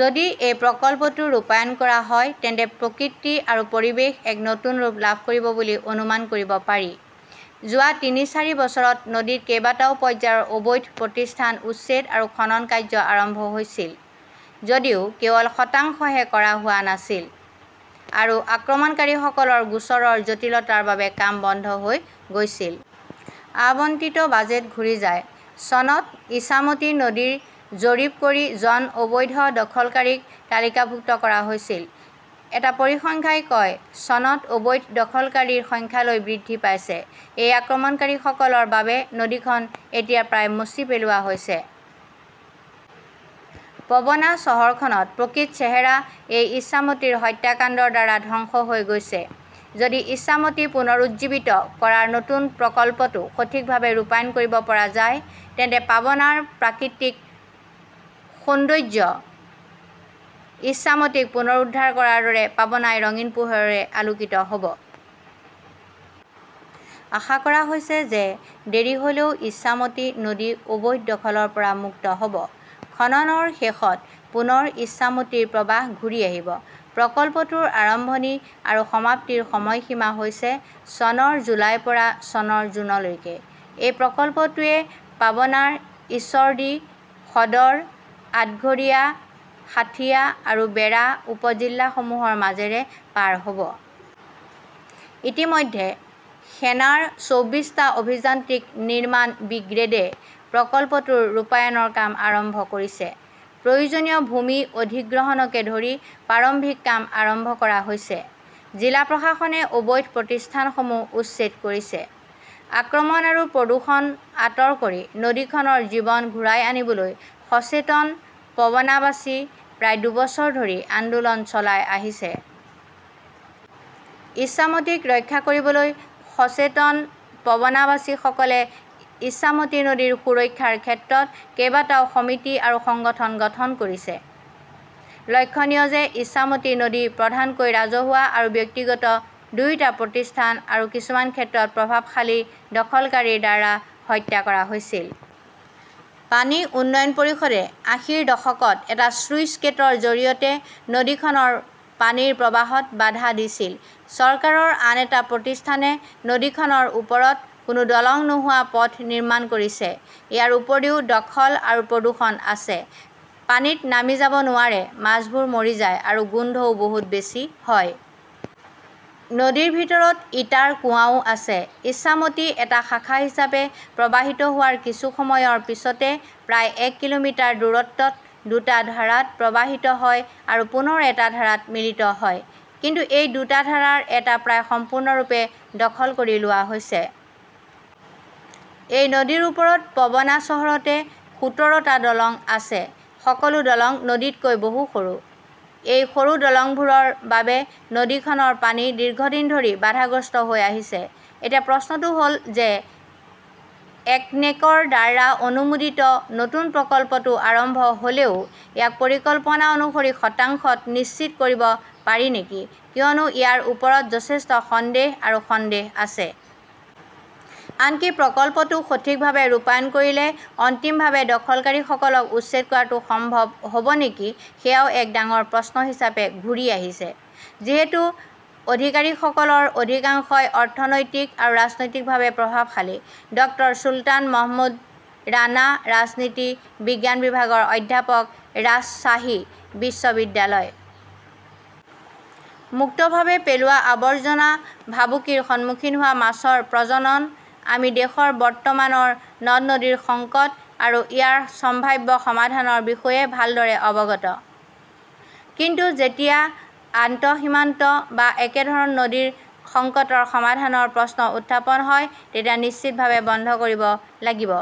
যদি এই প্ৰকল্পটো ৰূপায়ণ কৰা হয়, তেন্তে প্ৰকৃতি আৰু পৰিৱেশ এক নতুন ৰূপ লাভ কৰিব বুলি অনুমান কৰিব পাৰি। যোৱা তিনি-চাৰি বছৰত নদীত কেইবাটাও পৰ্যায়ৰ অবৈধ প্ৰতিষ্ঠান উচ্ছেদ আৰু খনন কাৰ্য আৰম্ভ হৈছিল যদিও কেৱল শতাংশহে কৰা হোৱা নাছিল, আৰু আক্ৰমণকাৰীসকলৰ গোচৰৰ জটিলতাৰ বাবে কাম বন্ধ হৈ গৈছিল। আবণ্টিত বাজেট ঘূৰি যায়। চনত ইছামতী নদীৰ জৰীপ কৰি জন অবৈধ দখলকাৰীক তালিকাভুক্ত কৰা হৈছিল, এটা পৰিসংখ্যাই কয়। চনত অবৈধ দখলকাৰীৰ সংখ্যা লৈ বৃদ্ধি পাইছে। এই আক্ৰমণকাৰীসকলৰ বাবে নদীখন এতিয়া প্ৰায় মচি পেলোৱা হৈছে। পবনা চহৰখনৰ প্ৰকৃত চেহেৰা এই ইছামতীৰ হত্যাকাণ্ডৰ দ্বাৰা ধ্বংস হৈ গৈছে। যদি ইছামতী পুনৰুজ্জীৱিত কৰাৰ নতুন প্ৰকল্পটো সঠিকভাৱে ৰূপায়ণ কৰিব পৰা যায়, তেন্তে পাবনাৰ প্ৰাকৃতিক সৌন্দৰ্য্য ইছামতীক পুনৰুদ্ধাৰ কৰাৰ দৰে পাবনাই ৰঙীন পোহৰেৰে আলোকিত হ 'ব। আশা কৰা হৈছে যে দেৰি হ’লেও ইছামতী নদী অবৈধ দখলৰ পৰা মুক্ত হ’ব। খননৰ শেষত পুনৰ ইছামতিৰ প্ৰবাহ ঘূৰি আহিব। প্ৰকল্পটোৰ আৰম্ভণি আৰু সমাপ্তিৰ সময়সীমা হৈছে চনৰ জুলাইৰ পৰা চনৰ জুনলৈকে। এই প্ৰকল্পটোৱে পাবনাৰ ঈশ্বৰদী, সদৰ, আটঘৰিয়া, সাঁথিয়া আৰু বেৰা উপজিল্লাসমূহৰ মাজেৰে পাৰ হ 'ব। ইতিমধ্যে সেনাৰ চৌবিশ টা অভিযান্ত্ৰিক নিৰ্মাণ ব্ৰিগেডে প্ৰকল্পটোৰ ৰূপায়ণৰ কাম আৰম্ভ কৰিছে। প্ৰয়োজনীয় ভূমি অধিগ্ৰহণকে ধৰি প্ৰাৰম্ভিক কাম আৰম্ভ কৰা হৈছে। জিলা প্ৰশাসনে অবৈধ প্ৰতিষ্ঠানসমূহ উচ্ছেদ কৰিছে। আক্ৰমণ আৰু প্ৰদূষণ আঁতৰ কৰি নদীখনৰ জীৱন ঘূৰাই আনিবলৈ সচেতন পাবনাবাসী প্ৰায় দুবছৰ ধৰি আন্দোলন চলাই আহিছে। ইছামতীক ৰক্ষা কৰিবলৈ সচেতন পবনাৱাসীসকলে ইছামতী নদীৰ সুৰক্ষাৰ ক্ষেত্ৰত কেইবাটাও সমিতি আৰু সংগঠন গঠন কৰিছে। লক্ষণীয় যে ইছামতী নদী প্ৰধানকৈ ৰাজহুৱা আৰু ব্যক্তিগত দুয়োটা প্ৰতিষ্ঠান আৰু কিছুমান ক্ষেত্ৰত প্ৰভাৱশালী দখলকাৰীৰ দ্বাৰা হত্যা কৰা হৈছিল। পানী উন্নয়ন পৰিষদে আশীৰ দশকত এটা স্লুইছগেটৰ জৰিয়তে নদীখনৰ পানীৰ প্ৰবাহত বাধা দিছিল। চৰকাৰৰ আন এটা প্ৰতিষ্ঠানে নদীখনৰ ওপৰত কোনো দলং নোহোৱা পথ নিৰ্মাণ কৰিছে। ইয়াৰ উপৰিও দখল আৰু প্ৰদূষণ আছে। পানীত নামি যাব নোৱাৰে, মাছবোৰ মৰি যায়, আৰু গোন্ধও বহুত বেছি হয়। নদীৰ ভিতৰত ইটাৰ কুঁৱাও আছে। ইছামতী এটা শাখা হিচাপে প্ৰৱাহিত হোৱাৰ কিছু সময়ৰ পিছতে প্ৰায় এক কিলোমিটাৰ দূৰত্বত দুটা ধাৰাত প্ৰৱাহিত হয় আৰু পুনৰ এটা ধাৰাত মিলিত হয়। কিন্তু এই দুটা ধাৰাৰ এটা প্ৰায় সম্পূৰ্ণৰূপে দখল কৰি লোৱা হৈছে। এই নদীৰ ওপৰত পবনা চহৰতে সোতৰ টা দলং আছে। সকলো দলং নদীতকৈ বহু সৰু। এই সৰু দলংবোৰৰ বাবে নদীখনৰ পানী দীৰ্ঘদিন ধৰি বাধাগ্ৰস্ত হৈ আহিছে। এতিয়া প্ৰশ্নটো হ’ল যে একনেকৰ দ্বাৰা অনুমোদিত নতুন প্ৰকল্পটো আৰম্ভ হ" লেও ইয়াক পৰিকল্পনা অনুসৰি শতাংশত নিশ্চিত কৰিব পাৰি নেকি কিয়নো ইয়াৰ ওপৰত যথেষ্ট সন্দেহ আৰু সন্দেহ আছে। আনকি প্ৰকল্পটো সঠিকভাৱে ৰূপায়ণ কৰিলে অন্তিমভাৱে দখলকাৰীসকলক উচ্ছেদ কৰাটো সম্ভৱ হ’ব নেকি-সেয়াও এক ডাঙৰ প্ৰশ্ন হিচাপে ঘূৰি আহিছে। যিহেতু অধিকাৰীসকলৰ অধিকাংশই অৰ্থনৈতিক আৰু ৰাজনৈতিকভাৱে প্ৰভাৱশালী। ডক্টৰ চুলতান মাহমুদ ৰাণা, ৰাজনীতি বিজ্ঞান বিভাগৰ অধ্যাপক, ৰাজশ্বাহী বিশ্ববিদ্যালয়। মুক্তভাৱে পেলোৱা আৱৰ্জনা, ভাবুকিৰ সন্মুখীন হোৱা মাছৰ প্ৰজনন আমি দেশৰ বৰ্তমানৰ নদী-নদীৰ সংকট আৰু ইয়াৰ সম্ভাৱ্য সমাধানৰ বিষয়ে ভালদৰে অৱগত; কিন্তু যেতিয়া আন্তঃসীমান্ত বা একেধৰণৰ নদীৰ সংকটৰ সমাধানৰ প্ৰশ্ন উত্থাপন হয়, তেতিয়া নিশ্চিতভাৱে বন্ধ কৰিব লাগিব।